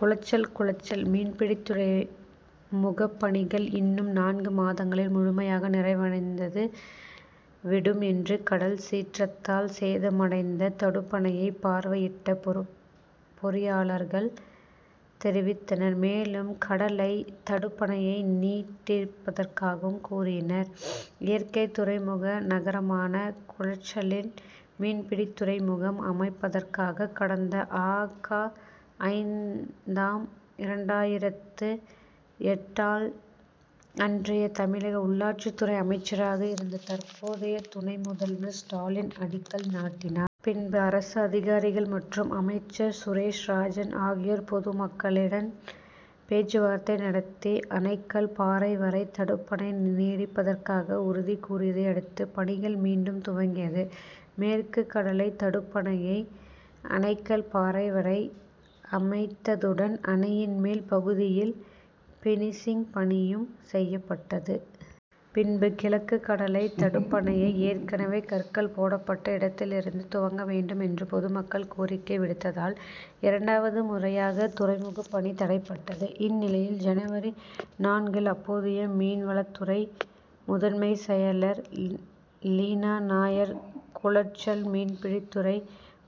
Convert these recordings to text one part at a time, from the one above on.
குளச்சல் குளச்சல் மீன்பிடித்துறை முகபணிகள் இன்னும் நான்கு மாதங்களில் முழுமையாக நிறைவடைந்தது விடும் என்று கடல் சீற்றத்தால் சேதமடைந்த தடுப்பணையை பார்வையிட்ட பொறு பொறியாளர்கள் தெரிவித்தனர். மேலும் கடலை தடுப்பணையை நீட்டிப்பதற்காகவும் கூறினார். இயற்கை துறைமுக நகரமான குளச்சலில் மீன்பிடித்துறை முகம் அமைப்பதற்காக கடந்த ஆக. ஐந்தாம், இரண்டாயிரத்து எட்டால் அன்றைய தமிழக உள்ளாட்சித்துறை அமைச்சராக இருந்த தற்போதைய துணை முதல்வர் ஸ்டாலின் அடிக்கல் நாட்டினார். பின்பு அரசு அதிகாரிகள் மற்றும் அமைச்சர் சுரேஷ் ராஜன் ஆகியோர் பொது மக்களிடம் பேச்சுவார்த்தை நடத்தி அனைக்கல் பாறை வரை தடுப்பணை நீட்டிப்பதற்காக உறுதி கூறியதையடுத்து பணிகள் மீண்டும் துவங்கியது. மேற்க்கு கடலை தடுப்பணையை அனைக்கல் பாறை வரை அமைத்ததுடன் அணையின் மேல் பகுதியில் பினிசிங் பணியும் செய்யப்பட்டது. பின்பு கிழக்கு கடலை தடுப்பணையை ஏற்கனவே கற்கள் போடப்பட்ட இடத்திலிருந்து துவங்க வேண்டும் என்று பொது மக்கள் கோரிக்கை விடுத்ததால் இரண்டாவது முறையாக துறைமுக பணி தடைபட்டது. இந்நிலையில் ஜனவரி நான்கில் அப்போதைய மீன் வளத்துறை முதன்மை செயலர் லீனாநாயர் குளச்சல் மீன்பிடித்துறை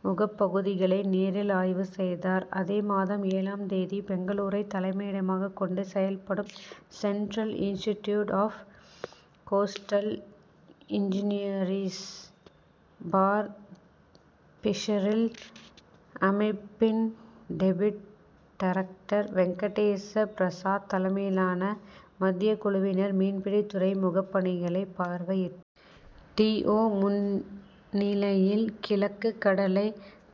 முகபகுதிகளை நேரில் ஆய்வு செய்தார் அதே மாதம் ஏழாம் தேதி பெங்களூரை தலைமை இடமாக கொண்டு செயல்படும் Central Institute of Coastal Engineering for Fishery அமைப்பின் டெப்ட் டைரக்டர் வெங்கடேச பிரசாத் தலைமையிலான மத்திய குழுவினர் மீன்பிடித்துறை முகபணிகளை பார்வை. டி. ஓ முன்னிலையில் கிழக்கு கடலை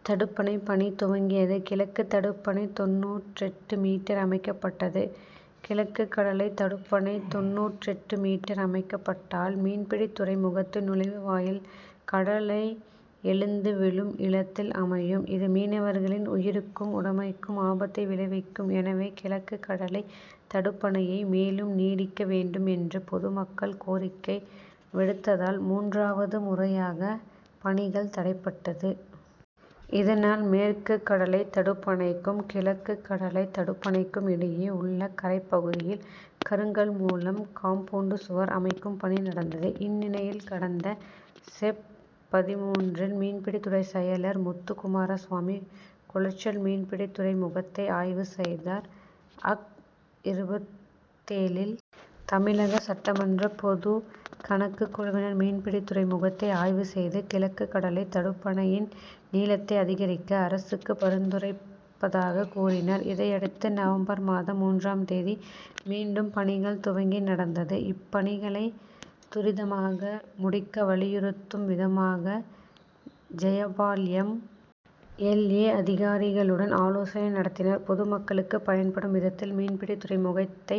தடுப்பணை பணி துவங்கியது. கிழக்கு தடுப்பணை தொண்ணூற்றெட்டு மீட்டர் அமைக்கப்பட்டது. கிழக்கு கடலை தடுப்பணை தொண்ணூற்றெட்டு மீட்டர் அமைக்கப்பட்டால் மீன்பிடி துறை முகத்தின் நுழைவு வாயில் கடலை எழுந்து விழும் இடத்தில் அமையும். இது மீனவர்களின் உயிருக்கும் உடைமைக்கும் ஆபத்தை விளைவிக்கும் எனவே கிழக்கு கடலை தடுப்பணையை மேலும் நீட்டிக்க வேண்டும் என்று பொது மக்கள் கோரிக்கை விடுத்ததால் மூன்றாவது முறையாக பணிகள் தடைப்பட்டது. இதனால் மேற்கு கடலை தடுப்பணைக்கும், கிழக்கு கடலை தடுப்பணைக்கும் இடையே உள்ள கரை பகுதியில் கருங்கல் மூலம் காம்பவுண்டு சுவர் அமைக்கும் பணி நடந்தது. இந்நிலையில் கடந்த செப்.பதின்மூன்றில் மீன்பிடித்துறை செயலாளர் முத்து குமார சாமி குளச்சல் மீன் பிடித்துறை முகத்தை ஆய்வு செய்தார். அக்.இருபத்தேழில் தமிழக சட்டமன்ற பொதுக் கணக்கு குழுவினர் மீன்பிடித்துறை முகத்தை ஆய்வு செய்து கிழக்கு கடலை தடுப்பணையின் நீளத்தை அதிகரிக்க அரசுக்கு பரிந்துரைப்பதாக கூறினர். இதையடுத்து நவம்பர் மாதம் மூன்றாம் தேதி மீண்டும் பணிகள் துவங்கி நடந்தது. இப் பணிகளை துரிதமாக முடிக்கவலியுறுத்தும் விதமாக ஜெயபால் எம். எல். ஏ., அதிகாரிகளுடன் ஆலோசனை நடத்தினார். பொது மக்களுக்கு பயன்படும் விதத்தில் மீன்பிடித்துறை முகத்தை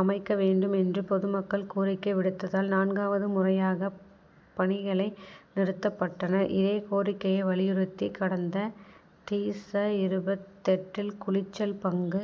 அமைக்க வேண்டும் என்று பொது மக்கள் கோரிக்கை விடுத்ததால் நான்காவது முறையாக பணிகளை நிறுத்தப்பட்டன. இதே கோரிக்கையை வலியுறுத்தி கடந்த டிச.இருபத்தெட்டில் குளச்சல் பங்கு